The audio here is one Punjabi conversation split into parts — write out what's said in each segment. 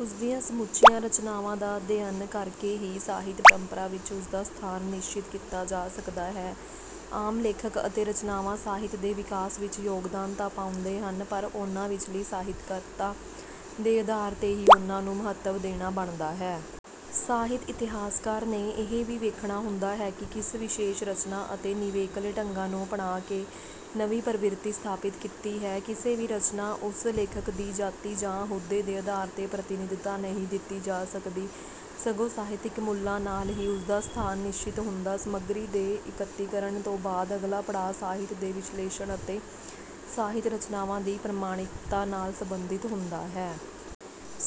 ਉਸਦੀਆਂ ਸਮੁੱਚੀਆਂ ਰਚਨਾਵਾਂ ਦਾ ਅਧਿਐਨ ਕਰਕੇ ਹੀ ਸਾਹਿਤ ਪਰੰਪਰਾ ਵਿੱਚ ਉਸਦਾ ਸਥਾਨ ਨਿਸ਼ਚਿਤ ਕੀਤਾ ਜਾ ਸਕਦਾ ਹੈ ਆਮ ਲੇਖਕ ਅਤੇ ਰਚਨਾਵਾਂ ਸਾਹਿਤ ਦੇ ਵਿਕਾਸ ਵਿੱਚ ਯੋਗਦਾਨ ਤਾਂ ਪਾਉਂਦੇ ਹਨ ਪਰ ਉਹਨਾਂ ਵਿਚਲੀ ਸਾਹਿਤਕਤਾ ਦੇ ਆਧਾਰ ਤੇ ਹੀ ਉਹਨਾਂ ਨੂੰ ਮਹੱਤਵ ਦੇਣਾ ਬਣਦਾ ਹੈ। ਸਾਹਿਤ ਇਤਿਹਾਸਕਾਰ ਨੇ ਇਹ ਵੀ ਵੇਖਣਾ ਹੁੰਦਾ ਹੈ ਕਿ ਕਿਸ ਵਿਸ਼ੇਸ਼ ਰਚਨਾ ਅਤੇ ਨਿਵੇਕਲੇ ਢੰਗਾਂ ਨੂੰ ਅਪਣਾ ਕੇ ਨਵੀ ਪ੍ਰਵਿਰਤੀ ਸਥਾਪਿਤ ਕੀਤੀ ਹੈ। ਕਿਸੇ ਵੀ ਰਚਨਾ ਉਸ ਲੇਖਕ ਦੀ ਜਾਤੀ ਜਾ ਅਹੁਦੇ ਦੇ ਆਧਾਰ ਤੇ ਪ੍ਰਤਿਨਿੱਧਤਾ ਨਹੀਂ ਦਿੱਤੀ ਜਾ ਸਕਦੀ ਸਗੋਂ ਸਾਹਿਤਕ ਮੁੱਲਾ ਨਾਲ ਹੀ ਉਸਦਾ ਸਥਾਨ ਨਿਸਚਿਤ ਹੁੰਦਾ ਸਮੱਗਰੀ ਦੇ ਇਕੱਤਰੀਕਰਨ ਤੋਂ ਬਾਅਦ ਅਗਲਾ ਪੜਾਅ ਸਾਹਿਤ ਦੇ ਵਿਸ਼ਲੇਸ਼ਣ ਅਤੇ ਸਾਹਿਤ ਰਚਨਾਵਾਂ ਦੀ ਪ੍ਰਮਾਣਿਕਤਾ ਨਾਲ ਸੰਬੰਧਿਤ ਹੁੰਦਾ ਹੈ।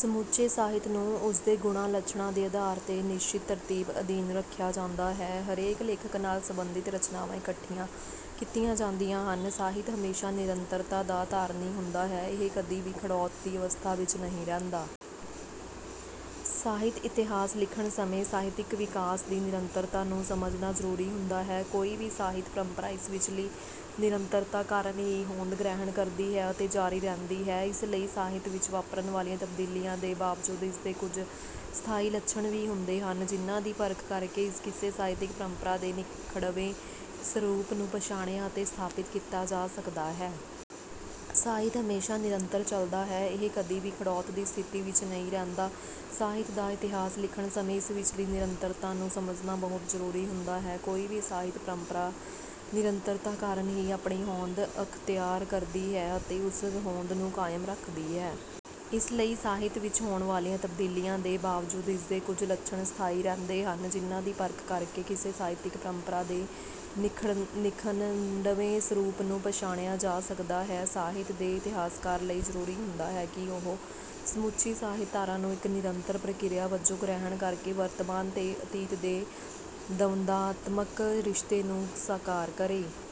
ਸਮੁੱਚੇ ਸਾਹਿਤ ਨੂੰ ਉਸਦੇ ਗੁਣਾ, ਲੱਛਣਾਂ ਦੇ ਅਧਾਰ ਤੇ ਨਿਸ਼ਚਿਤ ਤਰਤੀਬ ਅਧੀਨ ਰੱਖਿਆ ਜਾਂਦਾ ਹੈ। ਹਰੇਕ ਲੇਖਕ ਨਾਲ ਸੰਬੰਧਿਤ ਰਚਨਾਵਾਂ ਇਕੱਠੀਆਂ ਕੀਤੀਆਂ ਜਾਂਦੀਆਂ ਹਨ। ਸਾਹਿਤ ਹਮੇਸ਼ਾ ਨਿਰੰਤਰਤਾ ਦਾ ਧਾਰਨੀ ਹੁੰਦਾ ਹੈ। ਇਹ ਕਦੀ ਵੀ ਖੜੋਤ ਦੀ ਅਵਸਥਾ ਵਿੱਚ ਨਹੀਂ ਰਹਿੰਦਾ। ਸਾਹਿਤ ਇਤਿਹਾਸ ਲਿਖਣ ਸਮੇਂ ਸਾਹਿਤਕ ਵਿਕਾਸ ਦੀ ਨਿਰੰਤਰਤਾ ਨੂੰ ਸਮਝਣਾ ਜਰੂਰੀ ਹੁੰਦਾ ਹੈ। ਕੋਈ ਵੀ ਸਾਹਿਤ ਪਰੰਪਰਾ ਇਸ ਵਿਚਲੀ ਨਿਰੰਤਰਤਾ ਕਾਰਨ ਹੀ ਹੋਂਦ ਗ੍ਰਹਿਣ ਕਰਦੀ ਹੈ ਅਤੇ ਜਾਰੀ ਰਹਿੰਦੀ ਹੈ। ਇਸ ਲਈ ਸਾਹਿਤ ਵਿੱਚ ਵਾਪਰਨ ਵਾਲੀਆਂ ਤਬਦੀਲੀਆਂ ਦੇ ਬਾਵਜੂਦ ਇਸਦੇ ਕੁਝ ਸਥਾਈ ਲੱਛਣ ਵੀ ਹੁੰਦੇ ਹਨ ਜਿਨ੍ਹਾਂ ਦੀ ਪਰਖ ਕਰਕੇ ਕਿਸੇ ਸਾਹਿਤਿਕ ਪਰੰਪਰਾਂ ਦੇ ਨਿਖੜਵੇਂ ਸਰੂਪ ਨੂੰ ਪਛਾਣਿਆ ਅਤੇ ਸਥਾਪਿਤ ਕੀਤਾ ਜਾ ਸਕਦਾ ਹੈ। ਸਾਹਿਤ ਹਮੇਸ਼ਾ ਨਿਰੰਤਰ ਚੱਲਦਾ ਹੈ। ਇਹ ਕਦੀ ਵੀ ਖੜੋਤ ਦੀ ਸਥਿਤੀ ਵਿਚ ਨਹੀਂ ਰਹਿੰਦਾ। ਸਾਹਿਤ ਦਾ ਇਤਿਹਾਸ ਲਿਖਣ ਸਮੇਂ ਇਸ ਵਿਚਲੀ ਨਿਰੰਤਰਤਾ ਨੂੰ ਸਮਝਣਾ ਬਹੁਤ ਜਰੂਰੀ ਹੁੰਦਾ ਹੈ। ਕੋਈ ਵੀ ਸਾਹਿਤ ਪਰੰਪਰਾ ਨਿਰੰਤਰਤਾ ਕਾਰਨ ਹੀ ਆਪਣੀ ਹੋਂਦ ਅਖਤਿਆਰ ਕਰਦੀ ਹੈ ਅਤੇ ਉਸ ਹੋਂਦ ਨੂੰ ਕਾਇਮ ਰੱਖਦੀ ਹੈ। ਇਸ ਲਈ ਸਾਹਿਤ ਵਿਚ ਹੋਣ ਵਾਲੀਆਂ ਤਬਦੀਲੀਆਂ ਦੇ ਬਾਵਜੂਦ ਇਸਦੇ ਕੁਝ ਲੱਛਣ ਸਥਾਈ ਰੰਹਿਦੇ ਹਨ ਜਿਨ੍ਹਾਂ ਦੀ ਪਰਖ ਕਰਕੇ ਕਿਸੇ ਸਾਹਿਤਕ ਪਰੰਪਰਾਂ ਦੇ ਨਿਖਨੜਵੇਂ ਸਰੂਪ ਨੂੰ ਪਛਾਣਿਆ ਜਾ ਸਕਦਾ ਹੈ। ਸਾਹਿਤ ਦੇ ਇਤਿਹਾਸਕਾਰ ਲਈ ਜਰੂਰੀ ਹੁੰਦਾ ਹੈ ਕਿ ਉਹ ਸਮੁੱਚੀ ਸਾਹਿਤ-ਧਾਰਾ ਨੂੰ ਇਕ ਨਿਰੰਤਰ ਪ੍ਰਕਿਰਿਆ ਵਜੋਂ ਗ੍ਰਹਿਣ ਕਰਕੇ ਵਰਤਮਾਨ ਤੇ ਅਤੀਤ ਦੇ ਦੰਵਦਾਤਮਕ ਰਿਸ਼ਤੇ ਨੂੰ ਸਾਕਾਰ ਕਰੇ।